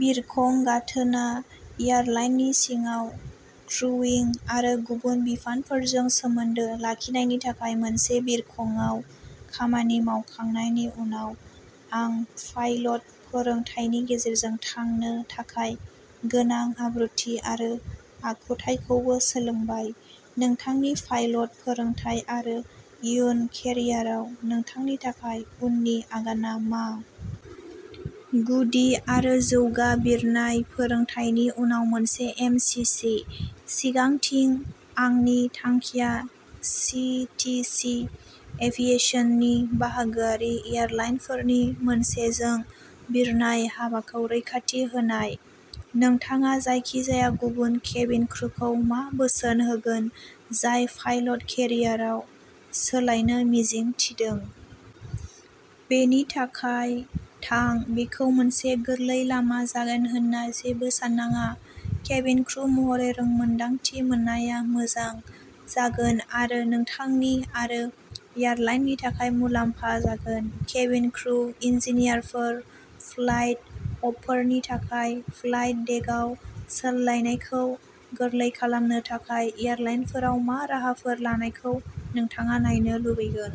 बिरखं गाथोना एयारलाइननि सिङाव क्रुइं आरो गुबुन बिफानफोरजों सोमोन्दो लाखिनायनि थाखाय मोनसे बिरखंआव खामानि मावखांनायनि उनाव आं पाइलट फोरोंथायनि गेजेरजों थांनो थाखाय गोनां आब्रुथि आरो आखुथायखौबो सोलोंबाय। नोंथांनि पाइलट फोरोंथाय आरो इयुन केरियाराव नोंथांनि थाखाय उननि आगानआ मा? गुदि आरो जौगा बिरनाय फोरोंथायनि उनाव मोनसे एम सि सि। सिगांथिं, आंनि थांखिया सि टि सि एभियेसननि बाहागोआरि एयारलाइनफोरनि मोनसेजों बिरनाय हाबाखौ रैखाथि होनाय। नोंथाङा जायखिजाया गुबुन केबिन क्रुखौ मा बोसोन होगोन जाय पाइलट केरियारआव सोलायनो मिजिं थिदों? बेनि थाखाय थां! बेखौ मोनसे गोरलै लामा जागोन होन्ना जेबो साननाङा। केबिन क्रु महरै रोंमोनदांथि मोननाया मोजां जागोन आरो नोंथांनि आरो एयारलाइननि थाखाय मुलाम्फा जागोन। केबिन क्रु इनजिनियारफोर, फ्लाइट अपफोरनि थाखाय फ्लाइट डेकआव सोलायनायखौ गोरलै खालामनो थाखाय एयारलाइनफोरा मा राहाफोर लानायखौ नोंथाङा नायनो लुबैगोन?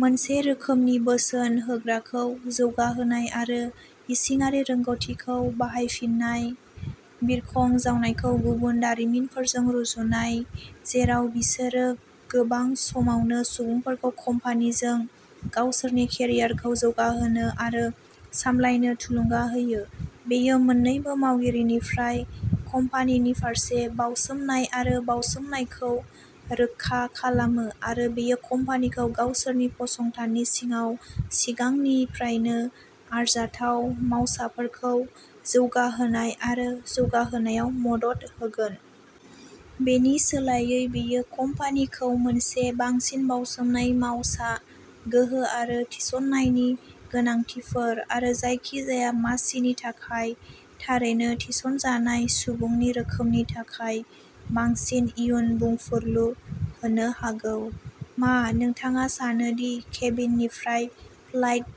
मोनसे रोखोमनि बोसोन होग्राखौ जौगाहोनाय आरो इसिङारि रोंग'थिखौ बाहायफिननाय। बिरखं जावनायखौ गुबुन दारिमिनफोरजों रुजुननाय जेराव बिसोरो गोबां समावनो सुबुंफोरखौ कम्पानिजों गावसोरनि केरियारखौ जौगाहोनो आरो सामलायनो थुलुंगा होयो। बेयो मोननैबो मावगिरिनिफ्राय कम्पानिनि फारसे बाउसोमनाय आरो बाउसोमनायखौ रोखा खालामो आरो बेयो कम्पानिखौ गावसोरनि फसंथाननि सिङाव सिगांनिफ्रायनो आरजाथाव मावसाफोरखौ जौगाहोनाय आरो जौगाहोनायाव मदद होगोन। बेनि सोलायै बेयो कम्पानिखौ मोनसे बांसिन बावसोमनाय मावसा गोहो आरो थिसननायनि गोनांथिफोर आरो जायखिजाया मासिनि थाखाय थारैनो थिसनजानाय सुबुंनि रोखोमनि थाखाय बांसिन इयुन बुंफुरलु होनो हागौ। मा नोंथाङा सानो दि केबिननिफ्राय फ्लाइट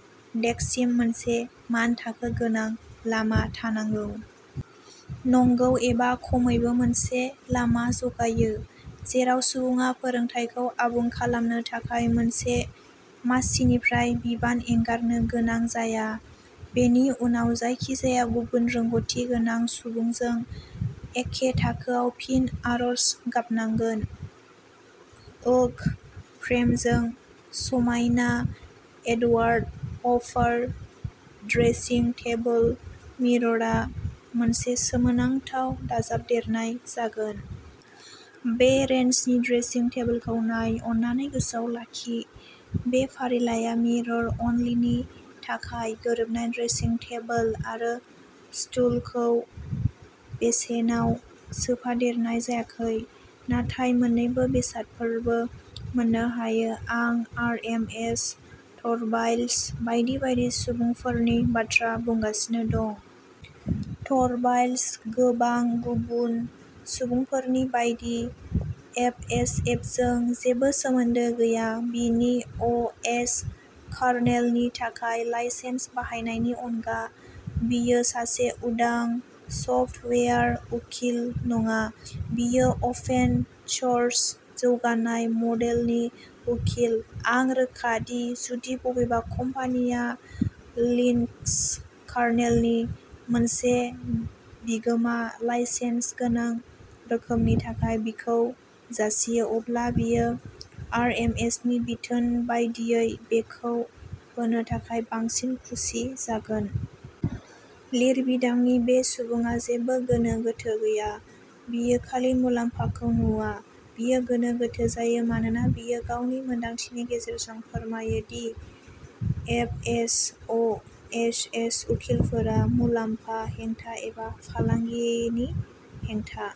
डेकसिम मोनसे मानथाखो गोनां लामा थानांगौ? नंगौ, एबा खमैबो मोनसे लामा जगायो जेराव सुबुङा फोरोंथायखौ आबुं खालामनो थाखाय मोनसे मासिनिफ्राय बिबान एंगारनो गोनां जाया, बेनि उनाव जायखिजाया गुबुन रोंग'थि गोनां सुबुंजों एखे थाखोआव फिन आरज गाबनांगोन। ओक फ्रेमजों समायना एडवार्ड हपार ड्रेसिं टेबल मिररआ मोनसे सोमोनांथाव दाजाबदेरनाय जागोन। बे रेन्जनि ड्रेसिं टेबोलखौ नाय। अन्नानै गोसोआव लाखि बे फारिलाइआ मिरर अनलिनि थाखाय। गोरोबनाय ड्रेसिं टेबोल आरो स्टुलखौ बेसेनाव सोफादेरनाय जायाखै, नाथाय मोन्नैबो बेसादफोरबो मोननो हायो। आं आरएमएस, टरभाल्ड्स बायदि बायदि सुबुंफोरनि बाथ्रा बुंगासिनो दं। टरभाल्ड्स, गोबां गुबुन सुबुंफोरनि बायदि, एफएसएफजों जेबो सोमोन्दो गैया, बिनि अ एस कार्नेलनि थाखाय लाइसेन्स बाहायनायनि अनगा। बियो सासे उदां सफ्टवेयार उकिल नङा, बियो अपेन सोर्स जौगाथाय मडेलनि उकिल। आं रोखा दि जुदि बबेबा कम्पानिया लिनक्स कार्नेलनि मोनसे बिगोमा लाइसेन्सगोनां रोखोमनि थाखाय बिखौ जासियो, अब्ला बियो आरएमएसनि बिथोन बायदियै बेखौ होनो थाखाय बांसिन खुसि जागोन। लिरबिदांनि बे सुबुङा जेबो गोनो गोथो गैया, बियो खालि मुलाम्फाखौ नुवा। बियो गोनो गोथो जायो मानोना बियो गावनि मोनदांथिनि गेजेरजों फोरमायो the FS, A S S उकिलफोरा मुलाम्फा हेंथा एबा फालांगिनि हेंथा।